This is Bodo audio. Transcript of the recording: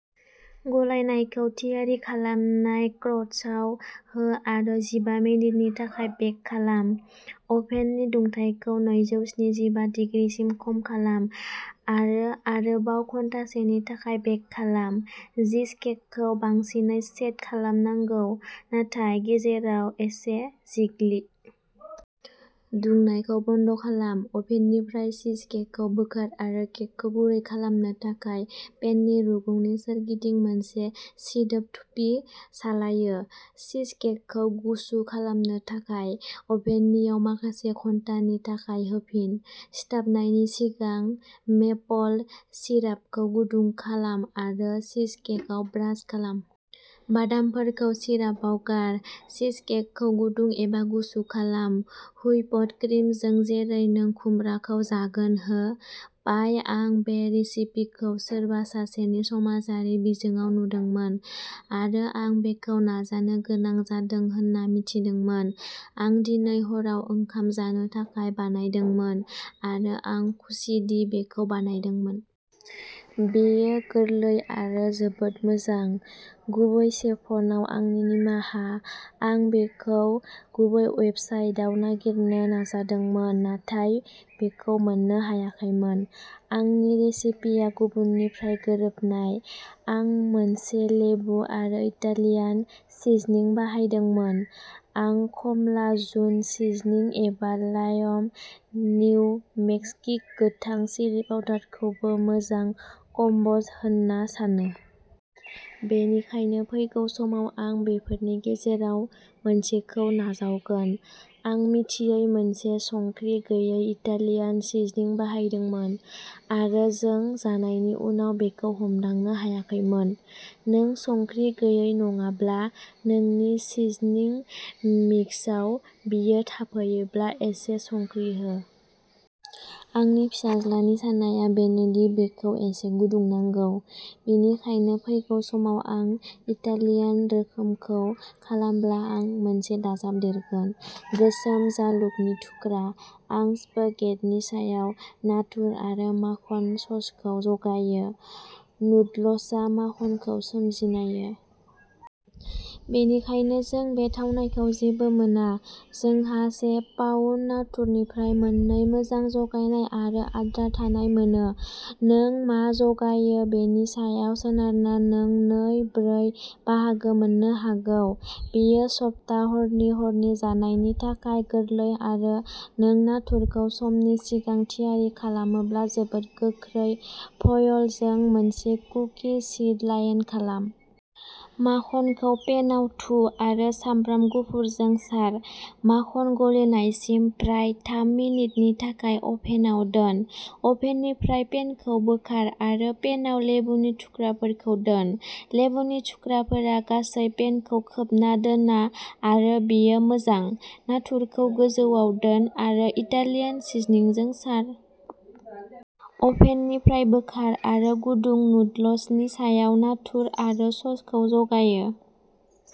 गलायनायखौ थियारि खालामनाय क्रस्टआव हो आरो जिबा मिनिटनि थाखाय बेक खालाम। अभेननि दुंथायखौ नैजौ स्निजिबा दिग्रि सिम खम खालाम आरो आरोबाव घन्टासेनि थाखाय बेक खालाम। चीजकेकखौ बांसिनै सेट खालामनांगौ नाथाय गेजेराव एसे जिग्लि। दुंनायखौ बन्द खालाम। अभेननिफ्राय चीजकेकखौ बोखार आरो केकखौ गुरै खालामनो थाखाय पेननि रुगुंनि सोरगिदिं मोनसे सिदोब थुफि सालायो। चीजकेकखौ गुसु खालामनो थाखाय अभेनआव माखासे घन्टानि थाखाय होफिन। सिबिथायनि सिगां, मेपल सिरापखौ गुदुं खालाम आरो चीजकेकआव ब्रास खालाम। बादामफोरखौ सिरापआव गार। चीजकेकखौ गुदुं एबा गुसु खालाम। हुइपड क्रिमजों जेरै नों खुमब्राखौ जागोन हो। पाइ आं बे रेसिपिखौ सोरबा सासेनि समाजारि बिजोङाव नुदोंमोन आरो आं बेखौ नाजानो गोनां जादों होनना मिथिदोंमोन। आं दिनै हराव ओंखाम जानो थाखाय बानायदोंमोन आरो आं खुसिदि बेखौ बानायदोंमोन। बेयो गोरलै आरो जोबोद मोजां। गुबै सेफनाव आंनि निमाहा। आं बेखौ गुबै वेबसाइटआव नागिरनो नाजादोंमोन नाथाय बेखौ मोननो हायाखैमोन। आंनि रेसिपिया गुबैनिफ्राय गोरोबनाय। आं मोनसे लेबु आरो इटालियान सिजनिं बाहायदोंमोन। आं खमला जुन सिजनिं एबा लाइम निउ मेक्सिक' गोथां चिलि पाउडारखौबो मोजां कम्बस होनना सानो। बेनिखायनो फैगौ समाव आं बेफोरनि गेजेराव मोनसेखौ नाजावगोन। आं मिथियै मोनसे संख्रि गैयै इटालियान सिजनिं बाहायदोंमोन आरो जों जानायनि उनाव बेखौ हमदांनो हायाखैमोन। नों संख्रि गैयै नङाब्ला। नोंनि सिजनिं मिक्सआव बेयो थाफैयाब्ला एसे संख्रि हो। आंनि फिसाज्लानि साननाया बेनो दि बेखौ एसे गुदुं नांगौ। बेनिखायनो फैगौ समाव आं इटालियान रोखोमखौ खालामब्ला आं मोनसे दाजाबदेरगोन। गोसोम जालुगनि थुख्रा। आं स्पागेटिनि सायाव नाथुर आरो माखन ससखौ जगायो। नुडल्सआ माखनखौ सोमजिनायो। बेनिखायनो जों बे थावनायखौ जेबो मोना। जोंहा से पाउन्द नाथुरनिफ्राय मोननै मोजां जगायनाय आरो आद्रा थानाय मोनो। नों मा जगायो बेनि सायाव सोनारना नों नै-ब्रै बाहागो मोननो हागौ। बेयो सप्ता हरनि हरनि जानायनि थाखाय गोरलै आरो नों नाथुरखौ समनि सिगां थियारि खालामोब्ला जोबोद गोख्रै फयलजों मोनसे कुकि शीट लाइन खालाम। माखनखौ पेनआव थु आरो सामब्राम गुफुरजों सार। माखन गलिनायसिम फ्राय थाम मिनिटनि थाखाय अभेनआव दोन। अभेननिफ्राय पेनखौ बोखार आरो पेनआव लेबुनि थुख्राफोरखौ दोन। लेबुनि थुख्राफोरा गासै पेनखौ खोबना दोना आरो बेयो मोजां। नाथुरखौ गोजौआव दोन आरो इटालियान सिजनिंजों सार। अभेननिफ्राय बोखार आरो गुदुं नुडल्सनि सायाव नाथुर आरो ससखौ जगायो।